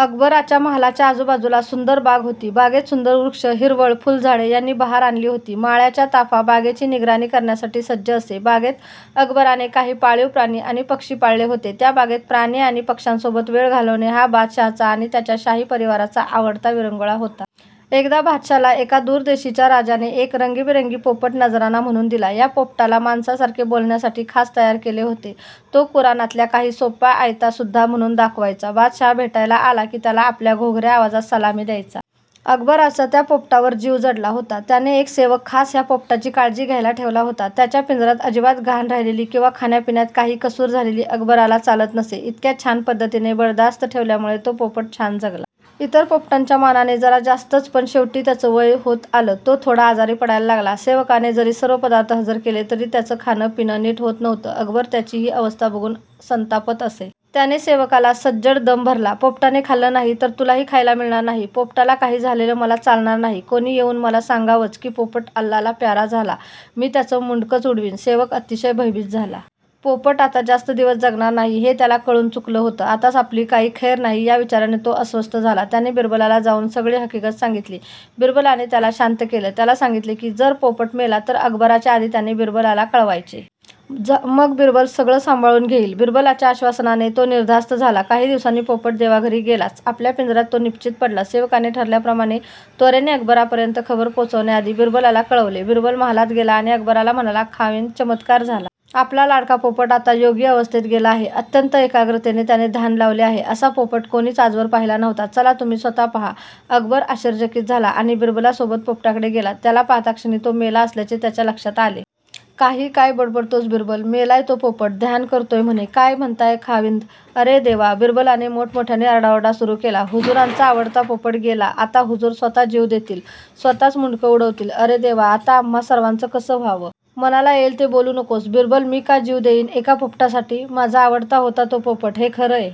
अकबराच्या महालाच्या आजूबाजूला सुंदर बाग होती. बागेत सुंदर वृक्ष, हिरवळ, फुलझाडे यांनी बहार आणली होती. माळ्यांचा ताफा बागेची निगराणी करण्यासाठी सज्ज असे. बागेत अकबराने काही पाळीव प्राणी आणि पक्षी पाळले होते. त्या बागेत प्राणी आणि पक्ष्यांसोबत वेळ घालवणे हा बादशहाचा आणि त्याच्या शाही परिवाराचा आवडता विरंगुळा होता. एकदा बादशहाला एका दूरदेशीच्या राजाने एक रंगीबिरंगी पोपट नजराणा म्हणुन दिला. ह्या पोपटाला माणसासारखे बोलण्यासाठी खास तयार केले होते. तो कुराणातल्या काही सोप्या आयतासुद्धा म्हणुन दाखवायचा. बादशहा भेटायला आला कि त्याला आपल्या घोगऱ्या आवाजात सलामी द्यायचा. अकबराचा त्या पोपटावर जीव जडला होता. त्याने एक सेवक खास ह्या पोपटाची काळजी घ्यायला ठेवला होता. त्याच्या पिंजऱ्यात अजिबात घाण राहिलेली किंवा खाण्या पिण्यात काही कसुर झालेली अकबराला चालत नसे. इतक्या छान पद्धतीने बडदास्त ठेवल्यामुळे तो पोपट छान जगला. इतर पोपटांच्या मानाने जरा जास्तच. पण शेवटी त्याचं वय होत आलं. तो थोडा आजारी पडायला लागला. सेवकाने जरी सर्व पदार्थ हजर केले तरी त्याचं खाणं पिणं नीट होत नव्हतं. अकबर त्याची हि अवस्था बघुन संतापत असे. त्याने सेवकाला सज्जड दम भरला. पोपटाने खाल्लं नाही तर तुलाही खायला मिळणार नाही. पोपटाला काही झालेलं मला चालणार नाही. कोणी येऊन मला सांगावंच कि पोपट अल्लाला प्यारा झाला, मी त्याचं मुंडकंच उडवीन. सेवक अतिशय भयभीत झाला. पोपट आता जास्त दिवस जगणार नाही हे त्याला कळुन चुकलं होतं. आता आपली काही खैर नाही या विचाराने तो अस्वस्थ झाला. त्याने बिरबलाला जाऊन सगळी हकीकत सांगितली. बिरबलाने त्याला शांत केले. त्याला सांगितले कि जर पोपट मेला तर अकबराच्या आधी त्याने बिरबलाला कळवायचे. मग बिरबल सगळं सांभाळुन घेईल. बिरबलाच्या आश्वासनाने तो निर्धास्त झाला. काही दिवसांनी पोपट देवाघरी गेलाच. आपल्या पिंजऱ्यात तो निपचित पडला. सेवकाने ठरल्याप्रमाणे त्वरेने अकबरापर्यंत खबर पोचण्याआधी बिरबलाला कळवले. बिरबल महालात गेला आणि अकबराला म्हणाला खाविंद, चमत्कार झाला. आपला लाडका पोपट आता योगी अवस्थेत गेला आहे. अत्यंत एकाग्रतेने त्याने ध्यान लावले आहे. असा पोपट कोणीच आजवर पाहिला नव्हता. चला तुम्ही स्वतः पहा. अकबर आश्चर्यचकित झाला आणि बिरबलसोबत पोपटाकडे गेला. त्याला पाहताक्षणी तो मेला असल्याचे त्याच्या लक्षात आले. काहीही काय बडबडतोस बिरबल? मेलाय तो पोपट. ध्यान करतोय म्हणे. काय म्हणताय खाविंद? अरे देवा बिरबलाने मोठमोठ्याने आरडाओरडा सुरु केला. हुजुरांचा आवडता पोपट गेला. आता हुजूर स्वतः जीव देतील, स्वतःचं मुंडकं उडवतील. अरे देवा आता आम्हा सर्वांचं कसं व्हावं. मनाला येईल ते बोलु नकोस, बिरबल. मी का जीव देईन एका पोपटासाठी? माझा आवडता होता तो पोपट हे खरंय,